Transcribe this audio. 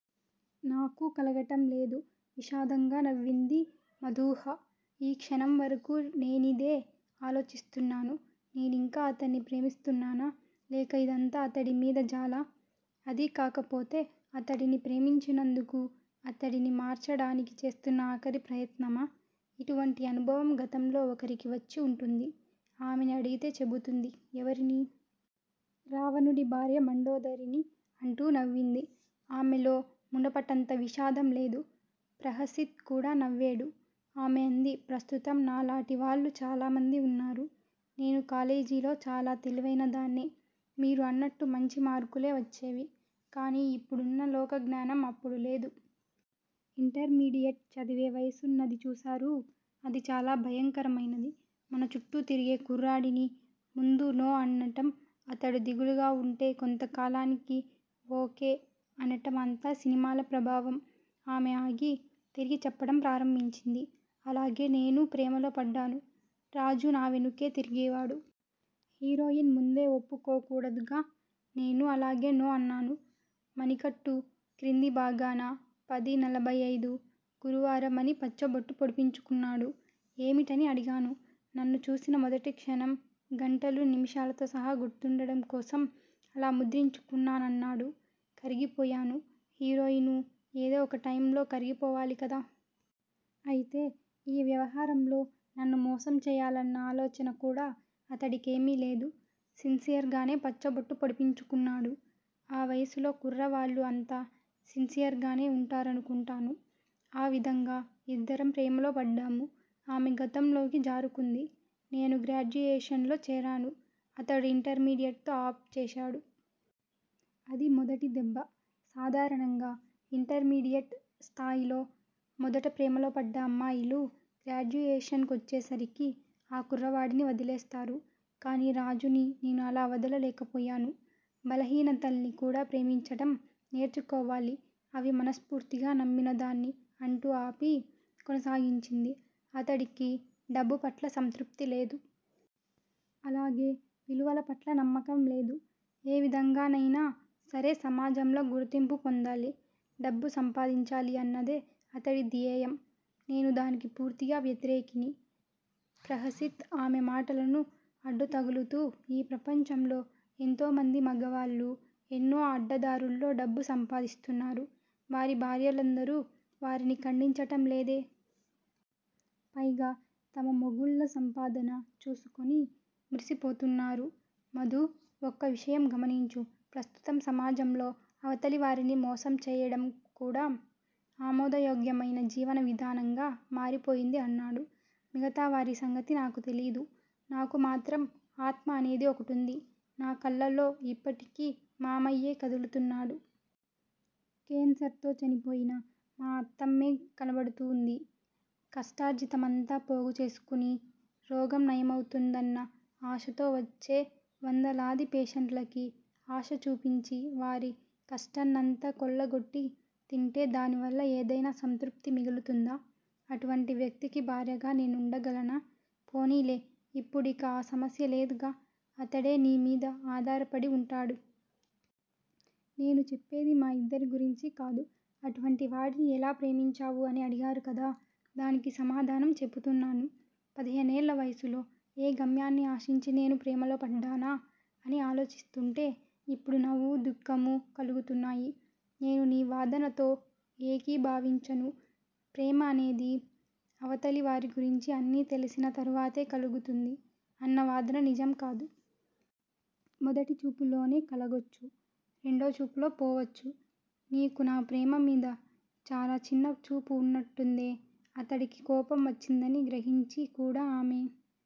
నాకూ కలగటం లేదు విషాదంగా నవ్వింది మధూహ. ఈ క్షణం వరకూ నేనిదే ఆలోచిస్తున్నాను. నేనింకా అతన్ని ప్రేమిస్తున్నానా? లేక ఇదంతా అతడిమీద జాలా? అదీకాకపోతే అతడిని ప్రేమించినందుకు అతడిని మార్చటానికి చేస్తున్న ఆఖరి ప్రయత్నమా? ఇటువంటి అనుభవం గతంలో ఒకరికి వచ్చివుంటుంది. ఆమెని అడిగితే చెపుతుంది ఎవరిని? 'రావణుడి భార్య మండోదరిని అంటూ నవ్వింది. ఆమెలో మునపటంత విషాదం లేదు. ప్రహసిత్ కూడా నవ్వేడు. ఆమె అంది ప్రస్తుతం నాలాటి వాళ్ళు చాలామంది వున్నారు. నేను కాలేజీలో చాలా తెలివైనదాన్నే. మీరు అన్నట్టు మంచి మార్కులే వచ్చేవి. కానీ ఇప్పుడున్న లోకజ్ఞానం అప్పుడు లేదు. ఇంటర్మీడియెట్ చదివే వయసున్నది చూసారూ అది చాలా భయంకరమైనది. మనచుట్టూ తిరిగే కుర్రాడిని ముందు'నో' అనటం అతడు దిగులుగా వుంటే, కొంతకాలానికి 'ఓ. కే. ' అనటం అంతా సినిమాల ప్రభావం ఆమె ఆగి, తిరిగి చెప్పటం ప్రారంభించింది. అలాగే నేనూ ప్రేమలో పడ్డాను. రాజు నావెనుకే తిరిగేవాడు. హీరోయిన్ ముందే ఒప్పుకోకూడదుగా. నేనూ అలాగే 'నో' అన్నాను. మణికట్టు క్రిందిభాగాన 'పది నలభై ఐదు ' గురువారం' అని పచ్చబొట్టు పొడిపించుకున్నాడు. ఏమిటని అడిగాను. నన్ను చూసిన మొదటి క్షణం, గంటలూ నిముషాలతో సహా గుర్తుండడం కోసం అలా ముద్రించుకున్నానన్నాడు. కరిగిపోయాను హీరోయిను ఏదో ఒకటైమ్ లో కరిగిపోవాలికదా. అయితే ఈ వ్యవహారంలో నన్ను మోసంచేయాలన్న ఆలోచన కూడా అతడి కేమీలేదు. సిన్సియర్ గానే పచ్చబొట్టు పొడిపించుకున్నాడు. ఆ వయసులో కుర్రవాళ్ళు అంత సిన్సియర్ గానే వుంటారనుకుంటాను. ఆ విధంగా ఇద్దరం ప్రేమలోపడ్డాము ఆమె గతంలోకి జారుకుంది. నేను గ్రాడ్యుయేషన్ లో చేరాను. అతడు ఇంటర్మీడియట్ తో ఆపుచేసాడు. అది మొదటిదెబ్బ. సాధారణంగా ఇంటర్మీడియట్ స్థాయిలో మొదట ప్రేమలో పడ్డ అమ్మాయిలు, గ్రాడ్యుయేషన్ కొచ్చేసరికి ఆ కుర్రవాడిని వదిలేస్తారు. కానీ రాజుని నేను అలా వదలలేకపోయాను. బలహీనతల్ని కూడా ప్రేమించటం నేర్చుకోవాలి అవి మనస్ఫూర్తిగా నమ్మినదాన్ని ' అంటూ ఆపి, కొనసాగించింది. అతడికి డబ్బుపట్ల సంతృప్తి లేదు. అలాగే విలువలపట్ల నమ్మకంలేదు. ఏ విధంగానైనా సరే సమాజంలో గుర్తింపు పొందాలి, డబ్బు సంపాదించాలి అన్నదే అతడి ధ్యేయం. నేను దానికి పూర్తిగా వ్యతిరేకిని ప్రహసిత్ ఆమె మాటలను అడ్డుతగులుతూ ఈ ప్రపంచంలో ఎంతోమంది మగవాళ్ళు ఎన్నో అడ్డదారుల్లో డబ్బు సంపాదిస్తున్నారు. వారి భార్యలందరూ వారిని ఖండించటంలేదే. పైగా తమ మొగుళ్ళ సంపాదన చూసుకుని మురిసిపోతున్నారు. మధూ! ఒక్క విషయం గమనించు! ప్రస్తుతం సమాజంలో అవతలివారిని మోసం చేయటం కూడా ఆమోదయోగ్యమైన జీవనవిధానంగా మారిపోయింది అన్నాడు. మిగతా వారి సంగతి నాకు తెలీదు. నాకు మాత్రం ఆత్మ అనేది ఒకటుంది. నా కళ్ళలో ఇప్పటికీ మామయ్యే కదులుతున్నాడు. కేన్సర్ తో చనిపోయిన మా అత్తమ్మే కనపడుతూంది. కష్టార్జితమంతా పోగుచేసుకుని, రోగం నయమవుతుందన్న ఆశతో వచ్చే వందలాది పేషెంట్లకి ఆశచూపించి వారి కష్టన్నంతా కొల్లగొట్టి తింటే దానివల్ల ఏదైనా సంతృప్తి మిగులుతుందా? అటువంటి వ్యక్తికి భార్యగా నేనుండగలనా? పోనీలే. ఇప్పుడిక ఆ సమస్య లేదుగా. అతడే నీ మీద ఆధారపడి వుంటాడు. నేను చెప్పేది మా ఇద్దరి గురించికాదు. అటువంటివాడిని ఎలా ప్రేమించావు అని అడిగారు కదా! డానికి సమాధానం చెపుతున్నాను. పదిహేనేళ్ళ వయసులో ఏ గమ్యాన్ని ఆశించి నేను ప్రేమలో పడ్డానా అని ఆలోచిస్తూంటే ఇప్పుడు నవ్వూ, దుఃఖమూ కలుగుతున్నాయి. నేను నీ వాదనతో ఏకీభావించను. ప్రేమ అనేది అవతలి వారి గురించి అన్నీ తెలిసిన తరువాతే కలుగుతుంది అన్న వాదన నిజం కాదు. మొదటి చూపులోనే కలగొచ్చు రెండో చూపులో పోవచ్చు. నీకు నాప్రేమ మీద చాలా చిన్నచూపు వున్నట్టుందే. అతడికి కోపం వచ్చిందని గ్రహించి కూడా ఆమె